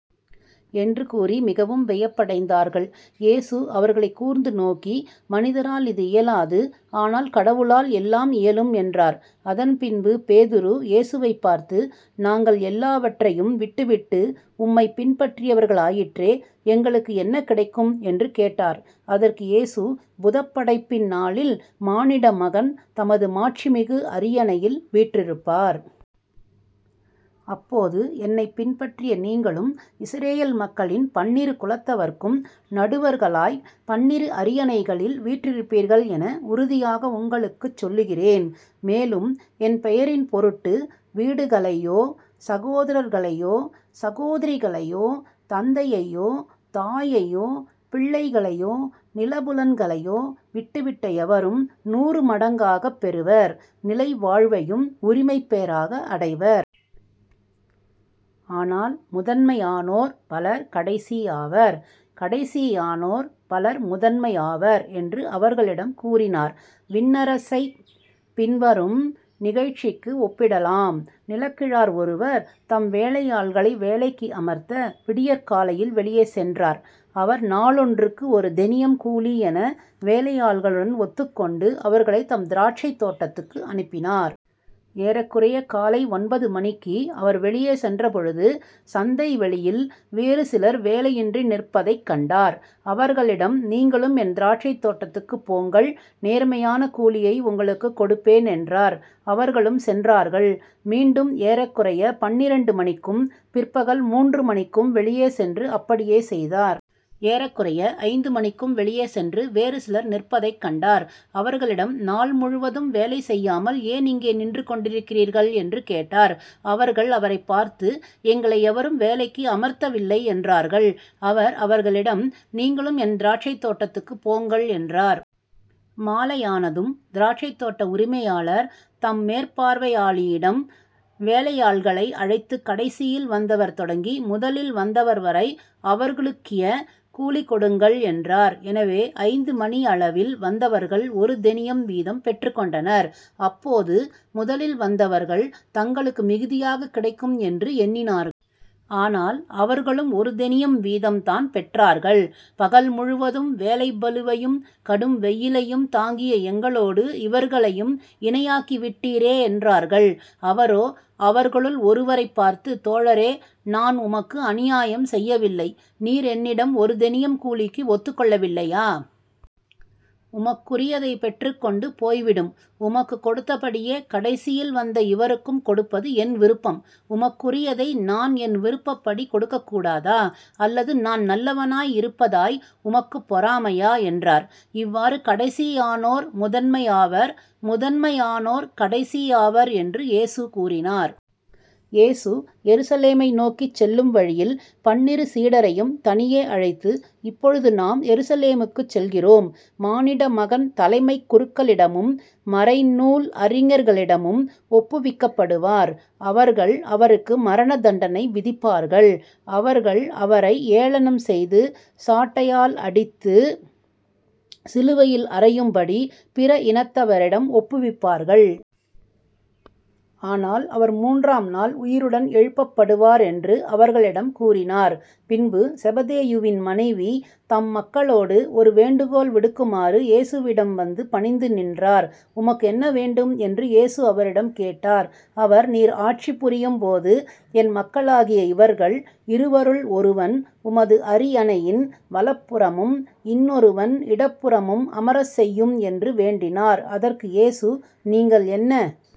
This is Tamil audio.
என்று கூறி மிகவும் வியப்படைந்தார்கள். இயேசு அவர்களைக் கூர்ந்து நோக்கி, மனிதரால் இது இயலாது. ஆனால் கடவுளால் எல்லாம் இயலும் என்றார். அதன் பின்பு பேதுரு இயேசுவைப் பார்த்து நாங்கள் எல்லாவற்றையும் விட்டு விட்டு உம்மைப் பின்பற்றியவர்களாயிற்றே எங்களுக்கு என்ன கிடைக்கும்? என்று கேட்டார். அதற்கு இயேசு புதப்படைப்பின் நாளில் மானிட மகன் தமது மாட்சிமிகு அரியணையில் வீற்றிருப்பார். அப்போது என்னைப் பின்பற்றிய நீங்களும் இஸரயேல் மக்களின் பன்னிரு குலத்தவர்க்கும் நடுவர்களாய்ப் பன்னிரு அரியணைகளில் வீற்றிருப்பீர்கள் என உறுதியாக உங்களுக்குச் சொல்லுகிறேன். மேலும் என் பெயரின் பொருட்டு வீடுகளையோ சகோதரர்களையோ சகோதரிகளையோ தந்தையையோ தாயையோ பிள்ளைகளையோ நிலபுலன்களையோ விட்டுவிட்ட எவரும் நூறு மடங்காகப் பெறுவர். நிலை வாழ்வையும் உரிமைப் பேறாக அடைவர். ஆனால் முதன்மையானோர் பலர் கடைசியாவர். கடைசியானோர் பலர் முதன்மையாவர் என்று அவர்களிடம் கூறினார். விண்ணரசைப் பின்வரும் நிகழ்ச்சிக்கு ஒப்பிடலாம். நிலக்கிழார் ஒருவர் தம் வேலையாள்களை வேலைக்கு அமர்த்த விடியற்காலையில் வெளியே சென்றார். அவர் நாளொன்றுக்கு ஒரு தெனியம் கூலி என வேலையாள்களுடன் ஒத்துக்கொண்டு அவர்களைத் தம் திராட்சைத் தோட்டத்துக்கு அனுப்பினார். ஏறக்குறைய காலை ஒன்பது மணிக்கு அவர் வெளியே சென்ற பொழுது சந்தை வெளியில் வேறுசிலர் வேலையின்றி நிற்பதைக் கண்டார். அவர்களிடம் நீங்களும் என் திராட்சைத் தோட்டத்துக்குப் போங்கள் நேர்மையான கூலியை உங்களுக்குக் கொடுப்பேன் என்றார். அவர்களும் சென்றார்கள். மீண்டும் ஏறக்குறைய பன்னிரண்டு மணிக்கும் பிற்பகல் முன்று மணிக்கும் வெளியே சென்று அப்படியே செய்தார். ஏறக்குறைய ஐந்து மணிக்கும் வெளியே சென்று வேறு சிலர் நிற்பதைக் கண்டார். அவர்களிடம் நாள் முழுவதும் வேலை செய்யாமல் ஏன் இங்கே நின்று கொண்டிருக்கிறீர்கள்? என்று கேட்டார். அவர்கள் அவரைப் பார்த்து எங்களை எவரும் வேலைக்கு அமர்த்தவில்லை என்றார்கள். அவர் அவர்களிடம் நீங்களும் என் திராட்சைத் தோட்டத்துக்குப் போங்கள் என்றார். மாலையானதும் திராட்சைத் தோட்ட உரிமையாளர் தம் மேற்பார்வையாளிடம் வேலையாள்களை அழைத்துக் கடைசியில் வந்தவர் தொடங்கி முதலில் வந்தவர்வரை அவர்களுக்கிய கூலி கொடுங்கள் என்றார். எனவே ஐந்து மணியளவில் வந்தவர்கள் ஒரு தெனியம் வீதம் பெற்றுக் கொண்டனர். அப்போது முதலில் வந்தவர்கள் தங்களுக்கு மிகுதியாகக் கிடைக்கும் என்று எண்ணினார்கள். ஆனால் அவர்களும் ஒரு தெனியம் வீதம் தான் பெற்றார்கள். பகல் முழுவதும் வேலைப் பளுவையும் கடும் வெயிலையும் தாங்கிய எங்களோடு இவர்களையும் இணையாக்கி விட்டீரே என்றார்கள். அவரோ அவர்களுள் ஒருவரைப் பார்த்து தோழரே நான் உமக்கு அநியாயம் செய்யவில்லை. நீர் என்னிடம் ஒரு தெனியம் கூலிக்கு ஒத்துக் கொள்ளவில்லையா? உமக்குரியதை பெற்றுக் கொண்டு போய்விடும். உமக்குக் கொடுத்தபடியே கடைசியில் வந்த இவருக்கும் கொடுப்பது என் விருப்பம். உமக்குரியதை நான் என் விருப்பப்படி கொடுக்கக் கூடாதா? அல்லது நான் நல்லவனாய் இருப்பதாய் உமக்குப் பொறாமையா? என்றார். இவ்வாறு கடைசியானோர் முதன்மையாவர். முதன்மையானோர் கடைசியாவர் என்று இயேசு கூறினார். இயேசு எருசலேமை நோக்கிச் செல்லும் வழியில் பன்னிரு சீடரையும் தனியே அழைத்து இப்பொழுது நாம் எருசலேமுக்குச் செல்கிறோம். மானிட மகன் தலைமைக் குருக்களிடமும் மறைநூல் அறிஞர்களிடமும் ஒப்புவிக்கப்படுவார். அவர்கள் அவருக்கு மரண தண்டனை விதிப்பார்கள். அவர்கள் அவரை ஏளனம் செய்து சாட்டையால் அடித்து சிலுவையில் அறையும்படி பிற இனத்தவரிடம் ஒப்புவிப்பார்கள். ஆனால் அவர் முன்றாம் நாள் உயிருடன் எழுப்பப்படுவார் என்று அவர்களிடம் கூறினார். பின்பு செபதேயுவின் மனைவி தம் மக்களோடு ஒரு வேண்டுகோள் விடுக்குமாறு இயேசுவிடம் வந்து பணிந்து நின்றார். உமக்கு என்ன வேண்டும்? என்று இயேசு அவரிடம் கேட்டார். அவர் நீர் ஆட்சி புரியும்போது என் மக்களாகிய இவர்கள் இருவருள் ஒருவன் உமது அரியணையின் வலப்புறமும் இன்னொருவன் இடப்புறமும் அமரச் செய்யும் என்று வேண்டினார். அதற்கு இயேசு நீங்கள் என்ன